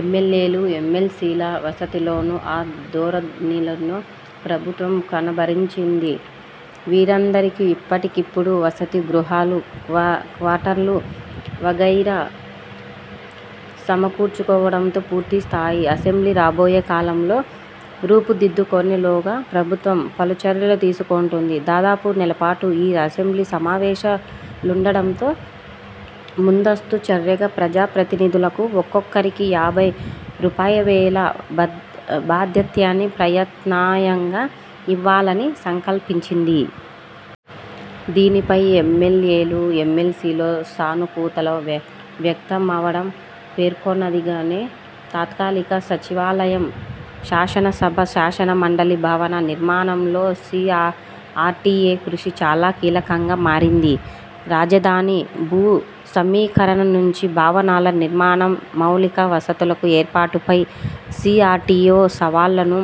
ఎమ్మెల్యేలు, ఎమ్మెల్సీల వసతిలోనూ ఆ ధోరణిలను ప్రభుత్వం కనబరచింది. వీరందరికీ ఇప్పటికిప్పుడు వసతి గృహాలు, క్వార్టర్లు వగైరా సమకూర్చుకోవడంతో, పూర్తి స్థాయి అసెంబ్లీ రాబోయే కాలంలో రూపుదిద్దుకొనే లోగా ప్రభుత్వం పలు చర్యలు తీసుకుంటోంది. దాదాపు నెలపాటు ఈ అసెంబ్లీ సమావేశాలుండడంతో ముందస్తు చర్యగా ప్రజాప్రతినిధులకు ఒక్కొక్కరికీ యాభై రూపాయవేల భత్యాన్ని ప్రత్యామ్నాయంగా ఇవ్వాలని సంకల్పించింది. దీనిపై ఎమ్మెల్యేలు, ఎమ్మెల్సీల్లో సానుకూలత వ్యక్తమవడం పేర్కొనదగినదే. తాత్కాలిక సచివాలయం, శాసనసభ, శాసనమండలి భవన నిర్మాణంలో సీఆర్డీఏ కృషి చాలా కీలకంగా మారింది. రాజధానికి భూ సమీకరణ నుంచి భవనాల నిర్మాణం, మౌలిక వసతుల ఏర్పాటుపై సీఆర్డీయే సవాళ్లను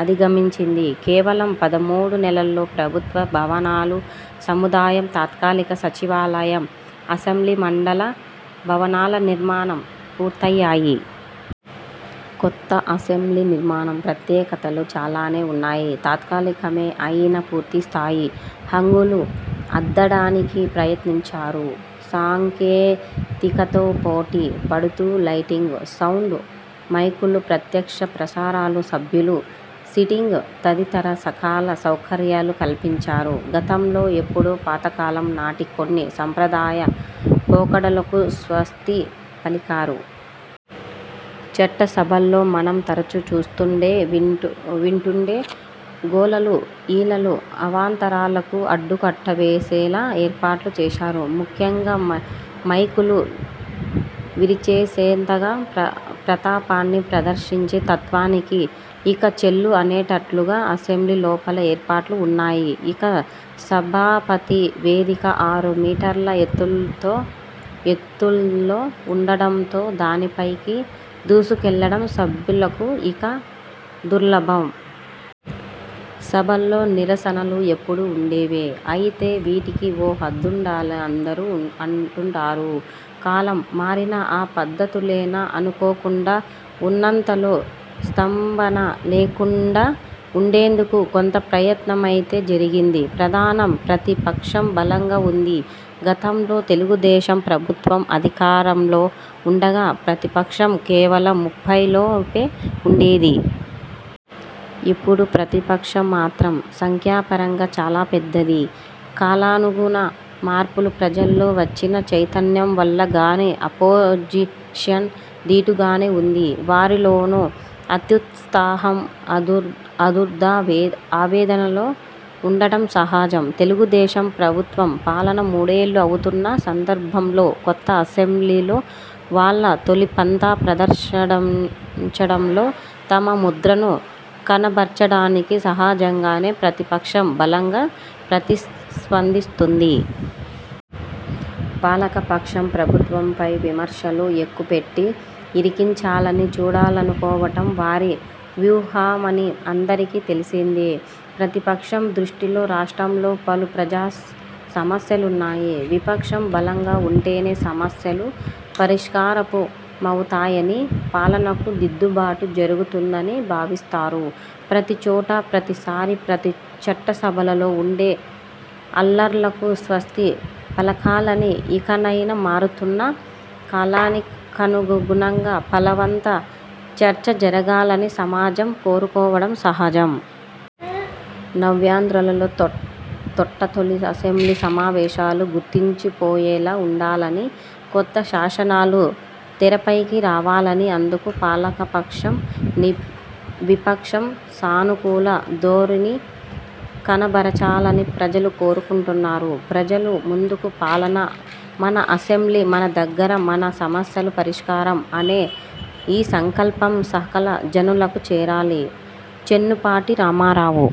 అధిగమించింది. కేవలం పదమూడు నెలలల్లో ప్రభుత్వ భవనాల సముదాయం, తాత్కాలిక సచివాలయం, అసెంబ్లీ, మండలి భవనాల నిర్మాణం పూర్తయ్యాయి. కొత్త అసెంబ్లీ నిర్మాణం ప్రత్యేకతలు చాలానే ఉన్నాయి. తాత్కాలికమే అయినా పూర్తి స్థాయి హంగులు అద్దడానికి ప్రయత్నించారు. సాంకేతికతతో పోటీ పడుతూ లైటింగ్, సౌండ్, మైకులు, ప్రత్యక్షప్రసారాలు, సభ్యుల సీటింగ్ తదితర సకల సౌకర్యాలు కల్పించారు. గతంలో ఎప్పుడో పాతకాలం నాటి కొన్ని సంప్రదాయ పోకడలకు స్వస్తి పలికారు. చట్టసభల్లో మనం తరచూ చూస్తుండే, వింటుండే గోలలు, ఈలలు, అవాంతరాలకు అడ్డుకట్టవేసేలా ఏర్పాట్లు చేశారు. ముఖ్యంగా మైకులు విరిచేసేంతగా ప్రతాపాన్ని ప్రదర్శించే తత్వానికి ఇక చెల్లు అనేట్లుగా అసెంబ్లీ లోపల ఏర్పాట్లు ఉన్నాయి. ఇక సభాపతి వేదిక ఆరు మీటర్ల ఎత్త్తులో ఉండడంతో దానిపైకి దూసుకెళ్లడం సభ్యులకు ఇక దుర్లభం. సభల్లో నిరసనలు ఎప్పుడూ ఉండేవే. అయితే, వీటికీ ఓ హద్దుండాలని అందరూ అంటుంటారు. కాలం మారినా ఆ పద్ధతులేనా అనుకోకుండా ఉన్నంతలో స్తంభన లేకుండా ఉండేందుకు కొంత ప్రయత్నమైతే జరిగింది. ప్రధాన ప్రతిపక్షం బలంగా ఉంది. గతంలో తెలుగుదేశం ప్రభుత్వం అధికారంలో ఉండగా, ప్రతిపక్షం కేవలం ముప్పై లోపే ఉండేది. ఇప్పుడు ప్రతిపక్షం మాత్రం సంఖ్యాపరంగా చాలా పెద్దది. కాలానుగుణ మార్పులు, ప్రజల్లో వచ్చిన చైతన్యం వల్ల గానీ, 'అపోజిషన్' దీటుగానే ఉంది. వారిలోనూ అత్యుత్సాహం, ఆదుర్దా, ఆవేదనలో ఉండడం సహజం. తెలుగుదేశం ప్రభుత్వ పాలన మూడేళ్లు అవుతున్న సందర్భంలో, కొత్త అసెంబ్లీలో వాళ్ల తొలి'పంథా' ప్రదర్శించడంలో తమ ముద్రను కనబర్చడానికి సహజంగానే ప్రతిపక్షం బలంగా ప్రతిస్పందిస్తుంది. పాలకపక్షం, ప్రభుత్వంపై విమర్శలు ఎక్కుపెట్టి ఇరికించాలని చూడాలనుకోవటం వారి వ్యూహమని అందరికీ తెలిసిందే. ప్రతిపక్షం దృష్టిలో రాష్ట్రంలో పలు ప్రజా సమస్యలున్నాయి. విపక్షం బలంగా ఉంటేనే సమస్యలు పరిష్కారమవుతాయని పాలనకు దిద్దుబాటు జరుగుతుందని భావిస్తారు. ప్రతిచోటా, ప్రతిసారీ, ప్రతిచట్టసభలో ఉండే అల్లర్లకు స్వస్తి పలకాలని, ఇకనైనా మారుతున్న కాలానికనుగుణంగా ఫలవంత చర్చ జరగాలని సమాజం కోరుకోవడం సహజం. నవ్యాంధ్రలో తొట్టతొలి అసెంబ్లీ సమావేశాలు గుర్తిండిపోయేలా ఉండాలని, కొత్త శాసనాలు తెరపైకి రావాలని, అందుకు పాలకపక్షం, విపక్షం సానుకూల ధోరణి కనబరచాలని ప్రజలు కోరుకుంటున్నారు. ప్రజల ముందుకు పాలన, మన అసెంబ్లీ–మన దగ్గర, మన సమస్యల పరిష్కారం అనే ఈ సంకల్పం సకల జనులకు చేరాలి. చెన్నుపాటి రామారావు